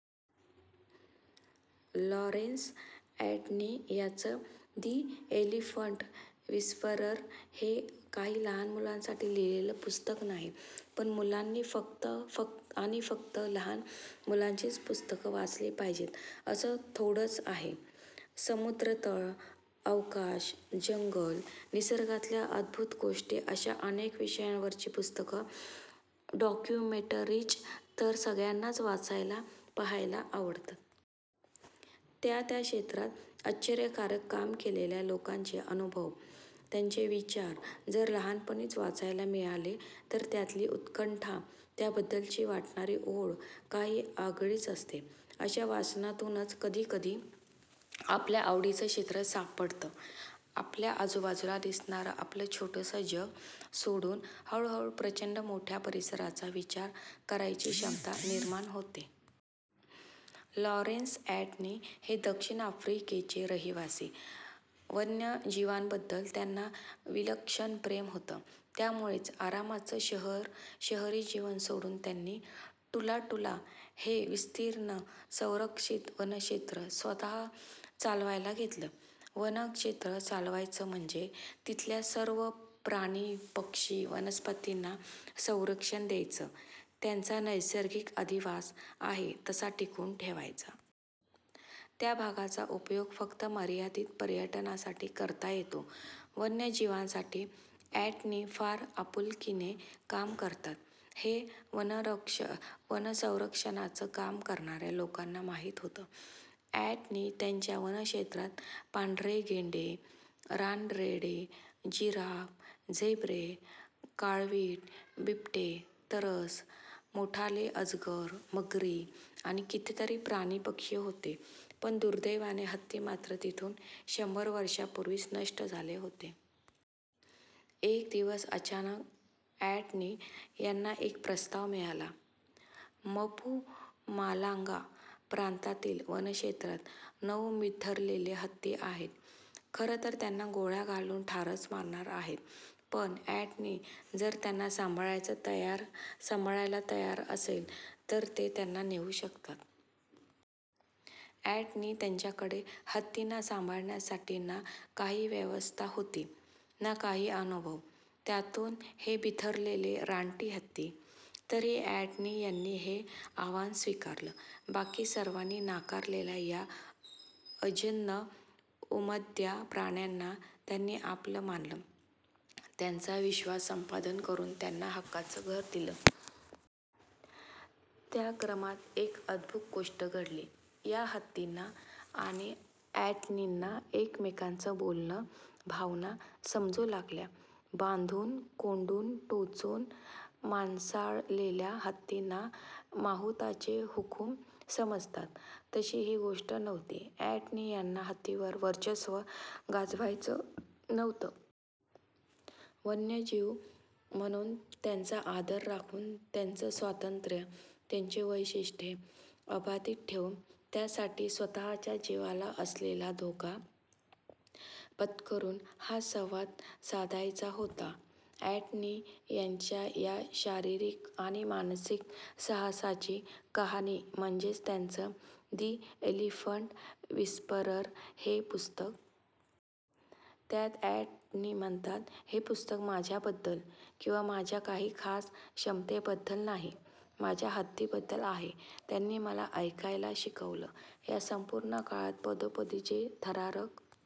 Lawrence Anthony यांचं 'the elephant whisperer' हे काही लहान मुलांसाठी लिहिलेलं पुस्तक नाही. पण मुलांनी, फक्त आणि फक्त लहान मुलांचीच पुस्तकं वाचली पाहिजेत असं थोडंच आहे? समुद्रतळ, अवकाश, जंगलं, निसर्गातल्या अद्भुत गोष्टी अशा अनेक विषयांवरची पुस्तकं, डॉक्युमेंटरीज् तर सगळ्यांनाच वाचायला, पाहायला आवडतात. त्या त्या क्षेत्रात आश्चर्यकारक काम केलेल्या लोकांचे अनुभव, त्यांचे विचार जर लहानपणीच वाचायला मिळाले, तर त्यातली उत्कंठा, त्याबद्दल वाटणारी ओढ काही आगळीच असते. अशा वाचनातूनच कधीकधी आपल्या आवडीचं क्षेत्र सापडतं. आपल्या आजूबाजूला दिसणारं आपलं छोटंसं जग सोडून हळूहळू प्रचंड मोठ्या परिसराचा विचार करायची क्षमता निर्माण होते. लॉरेन्स अँटनी हे दक्षिण आफ्रिकेचे रहिवासी. वन्यजीवांबद्दल त्यांना विलक्षण प्रेम होतं. त्यामुळेच आरामाचं शहरी जीवन सोडून त्यांनी 'टूला टूला' हे विस्तीर्ण संरक्षित वनक्षेत्र स्वतः चालवायला घेतलं. वनक्षेत्र चालवायचं म्हणजे तिथल्या सर्व प्राणी, पक्षी, वनस्पतींना संरक्षण द्यायचं, त्यांचा नैसर्गिक अधिवास, आहे तसा टिकवून ठेवायचा. त्या भागाचा उपयोग फक्त मर्यादित पर्यटनासाठी करता येतो. वन्यजीवांसाठी अँटनी फार आपुलकीने काम करतात, हे वनसंरक्षणाचं काम करणाऱ्या लोकांना माहीत होतं. अँटनी यांच्या वनक्षेत्रात पांढरे गेंडे, रानरेडे, जिराफ, झेब्रे, काळवीट, बिबटे, तरस, मोठाले अजगर, मगरी, आणि कितीतरी प्राणी-पक्षी होते, पण दुर्दैवाने हत्ती मात्र तिथून शंभर वर्षांपूर्वीच नष्ट झाले होते. एक दिवस अचानक अँटनी यांना एक प्रस्ताव मिळाला – म्पुमालांगा प्रांतातील वनक्षेत्रात नऊ बिथरलेले हत्ती आहेत, खरं तर त्यांना गोळ्या घालून ठारच मारणार आहेत, पण अँटनी जर त्यांना सांभाळायला तयार असले, तर ते त्यांना नेऊ शकतात! अँटनी यांच्याकडे हत्तींना सांभाळण्याची ना काही व्यवस्था होती, ना काही अनुभव. त्यातून हे बिथरलेले रानटी हत्ती! तरीही अँटनी यांनी हे आव्हान स्वीकारलं. बाकी सर्वांनी नाकारलेल्या या अजस्र, उमद्या प्राण्यांना त्यांनी आपलं मानलं. त्यांचा विश्वास संपादन करून त्यांना हक्काचं घर दिलं. त्या क्रमात एक अद्भुत गोष्ट घडली. या हत्तींना आणि अँटनींना एकमेकांचं बोलणं, भावना समजू लागल्या. बांधून, कोंडून, टोचून 'माणसाळवलेल्या' हत्तींना माहूताचे हुकूम समजतात, तशी ही गोष्ट नव्हती. अँटनी यांना हत्तींवर वर्चस्व गाजवायचं नव्हतं. वन्यजीव म्हणून त्यांचा आदर राखून, त्यांचं स्वातंत्र्य, त्यांची वैशिष्ट्यं अबाधित ठेवून, त्यासाठी स्वतःच्या जिवाला असलेला धोका पत्करून हा संवाद साधायचा होता. अँटनी यांच्या या शारीरिक आणि मानसिक साहसाची कहाणी म्हणजे त्यांचं 'दि एलिफंट विस्परर' हे पुस्तक. त्यात अँटनी म्हणतात हे पुस्तक माझ्याबद्दल, किंवा माझ्या काही खास क्षमतेबद्दल नाही, माझ्या हत्तींबद्दल आहे. त्यांनी मला 'ऐकायला' शिकवलं. या संपूर्ण काळात पदोपदी जे थरारक